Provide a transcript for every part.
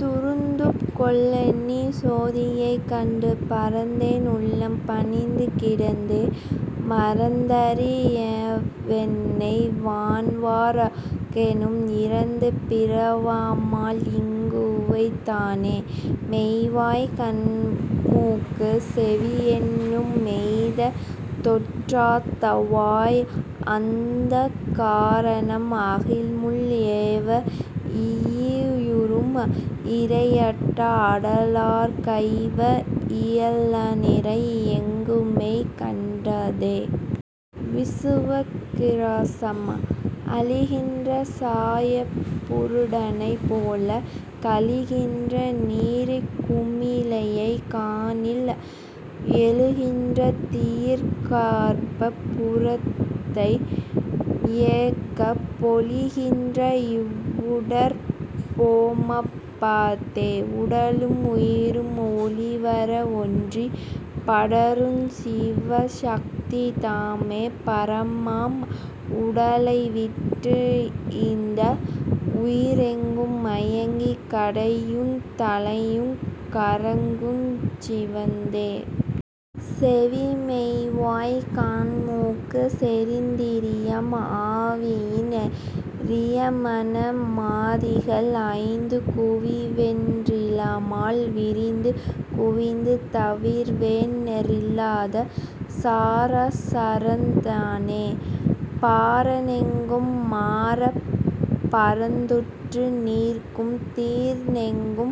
துறந்துபுக் கொள்ளொளி சோதியைக் கண்டு பறந்ததென் உள்ளம் பணிந்து கிடந்தே மறந்தறி யாவென்னை வான்வர் கோனும் இறந்து பிறவாமல் ஈங்குவைத் தானே.. மெய்வாய் கண்மூக்குச் செவியென்னும் மெய்த் தோற்றத் தவ்வாய அந்தக் கரணம் அகில்மும் எவ்வா யியுரும் இறையாட்ட ஆடலாற் கைவா யிலாநிறை எங்குமெய் கண்டதே... விசுவக் கிராசம். அழிகின்ற சாயா புருடனைப் போலக் கழிகின்ற நீரிற் குமிழியைக் காணில் எழுகின்ற தீயிற்கர்ப் பூரத்தை யொக்கப் பொழிகின்ற இவ்வுடற் போமப் பரத்தே.. உடலும் உயிரும் ஒழிவற ஒன்றிற் படருஞ் சிவசத்தி தாமே பரமாம் உடலைவிட் டிந்த உயிரெங்கு மாகிக் கடையுந் தலையுங் கரக்குஞ் சிவத்தே.. செவிமெய்வாய் கண்மூக்குச் சேரிந் திரியம் அவியின் றியமன மாதிகள் ஐந்துங் குவிவொன் றிலாமல் விரிந்து குவிந்து தவிர்வொன் றிலாத சராசரந் தானே.. பரனெங்கு மாரப் பரந்துற்று நிற்கும் திரனெங்கு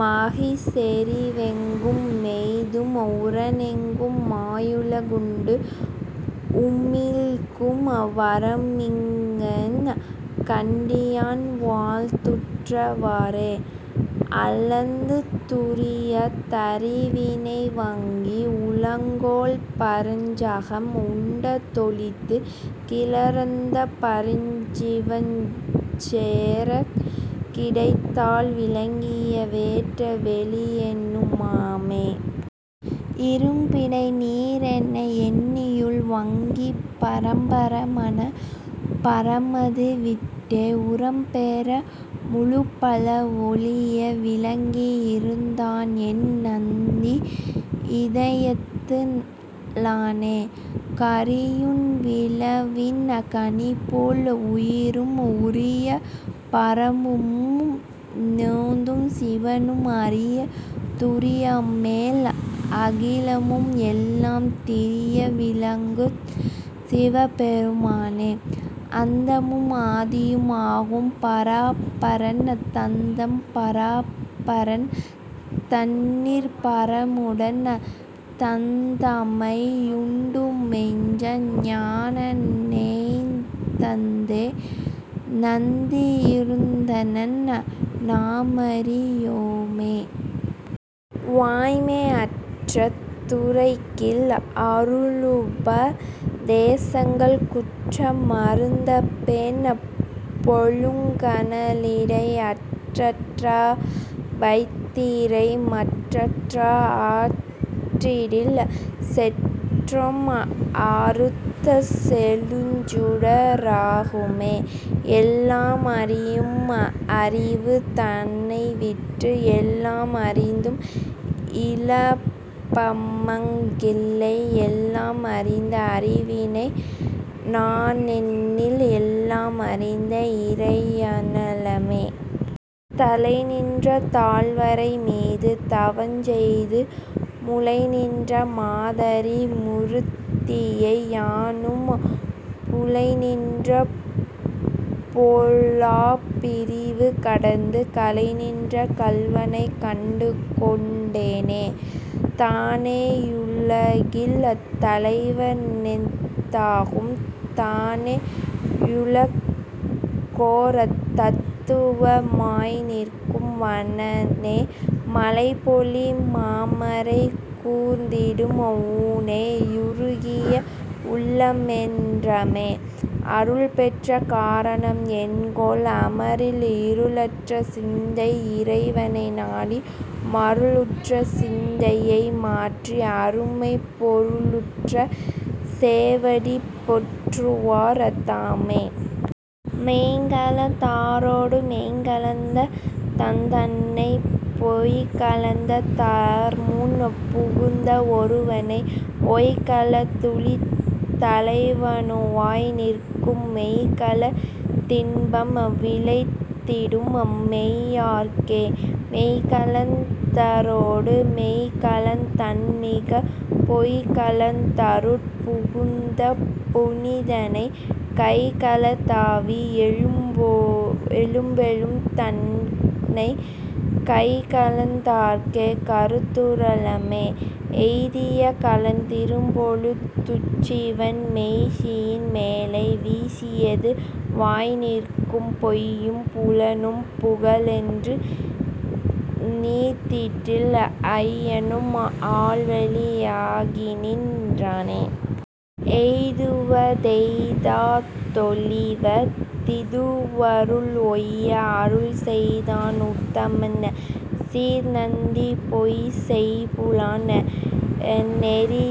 மாகிச் செறிவெங்கு மெய்தும் உரனெங்கு மாயுல குண்டு உமிழ்க்கும் வரமிங்ஙன் கண்டியான் வாழ்ந்துற்ற வாறே.. அளந்து துரியத் தறிவினை வாங்கி உளங்கொள் பரஞ்சகம் உண்ட தொழித்துக் கிளர்ந்த பரஞ்சிவஞ்சேரக் கிடைத்தால் விளங்கிய வெட்ட வெளியனு மாமே.. இரும்பிடை நீரென என்னையுள் வாங்கிப் பரம்பர மான பரமது விட்டே உரம்பெற முப்பாழ் ஒளியை விழுங்கி இருந்தஎன் நந்தி இதயத்து ளானே.. கரியுண் விளவின் கனிபோல் உயிரும் உரிய பரமுமுன் னோதுஞ் சிவமும் அரிய துரியமேல் அகிலமும் எல்லாம் திரிய விழுங்குஞ் சிவபெரு மானே.. அந்தமும் ஆதியும் ஆகும் பராபரன் தந்தம் பரம்பரன் தன்னிற் பரமுடன் நந்தமை யுண்டுமெய்ஞ் ஞானநே யாந்தத்தே நந்தி யிருந்தனன் நாமறி யோமே... வாய்மை அற்ற துரைக்கில் அருளுப தேசங்கள் குற்ற மறுத்தபொன் போலுங் கனலிடை அற்றற வைத்திறை மாற்றற ஆற்றிடில் செற்றம் அறுத்த செழுஞ்சுட ராகுமே.. எல்லாம் அறியும் அறிவு தனைவிட்டு எல்லாம் அறிந்தும் இலாபமங் கில்லை எல்லாம் அறிந்த அறிவினை நானென்னில் எல்லாம் அறிந்த இறையென லாமே.. தலைநின்ற தாழ்வரை மீது தவஞ்செய்து முலைநின்ற மாதறி மூர்த்தியை யானும் புலைநின்ற பொல்லாப் பிறவி கடந்து கலைநின்ற கள்வனை கண்டுகொண் டேனே.. தானே யுலகில் தலைவ னெனத்தகும் தானே யுலகுக்கோர் தத்துவ மாய்நிற்கும் வானே மழைபொழி மாமறை கூர்ந்திடும் ஊனே யுருகிய வுள்ளமொன் றாமே.. அருள்பெற்ற காரணம் என்கொல் அமரில் இருளற்ற சிந்தை இறைவனை நாடி மருளுற்ற சிந்தையை மாற்றி அருமைப் பொருளுற்ற சேவடி போற்றுவோர் தாமே.. மெய்கலந் தாரொடு மெய்கலந் தான்தன்னை பொய்கலந் தார்முன் புகுதா ஒருவனை உய்கலந் தூழித் தலைவனுமாய் நிற்கும் மெய்கலந் தின்பம் விளைந்திடும் மெய்யர்க்கே.. மெய்கலந் தாரொடு மெய்கலந் தான்மிகப் பொய்கலந் தாருட் புகுதாப் புனிதனை கைகலந் தாவி எழும்பொழு தண்ணலைக் கைகலந் தார்க்கே கருத்துற லாமே.. எய்திய காலத் திருபொழு துஞ்சிவன் மெய்செயின் மேலை விதியது வாய்நிற்கும் பொய்யும் புலனும் புகலொன்று நீத்திடில் ஐயனும் அவ்வழி யாகிநின் றானே.. எய்துவ தெய்தா தொழிவ திதுவருள் உய்ய அருள்செய்தான் உத்தமன் சீர்நந்தி பொய்செய்புலன் நெறியொன்பதுந்தாட்கொளின்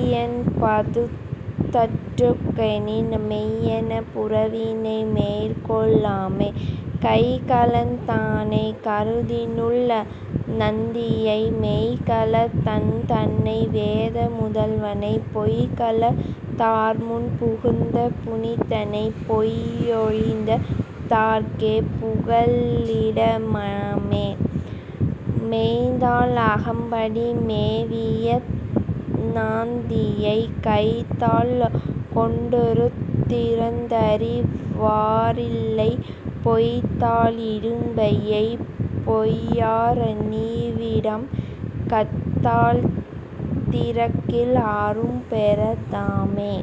மெய்யென் புரவியை மேற்கொள்ள லாமே.. கைகலந் தானை கருத்தினுள் நந்தியை மெய்கலந் தான்தன்னை வேத முதல்வனைப் பொய்கலந் தார்முன் புகுதாப் புனிதனைப் பொய்யொழிந் தார்க்கே புகலிட மாமே. மெய்த்தாள் அகம்படி மேவிய நந்தியைக் கைத்தாள் கொண்டாருந் திறந்தறி வாரில்லை பொய்த்தாள் இடும்பையைப் பொய்யற நீவிட்டாம் கத்தாள் திறக்கில் அரும் பேற தாமே..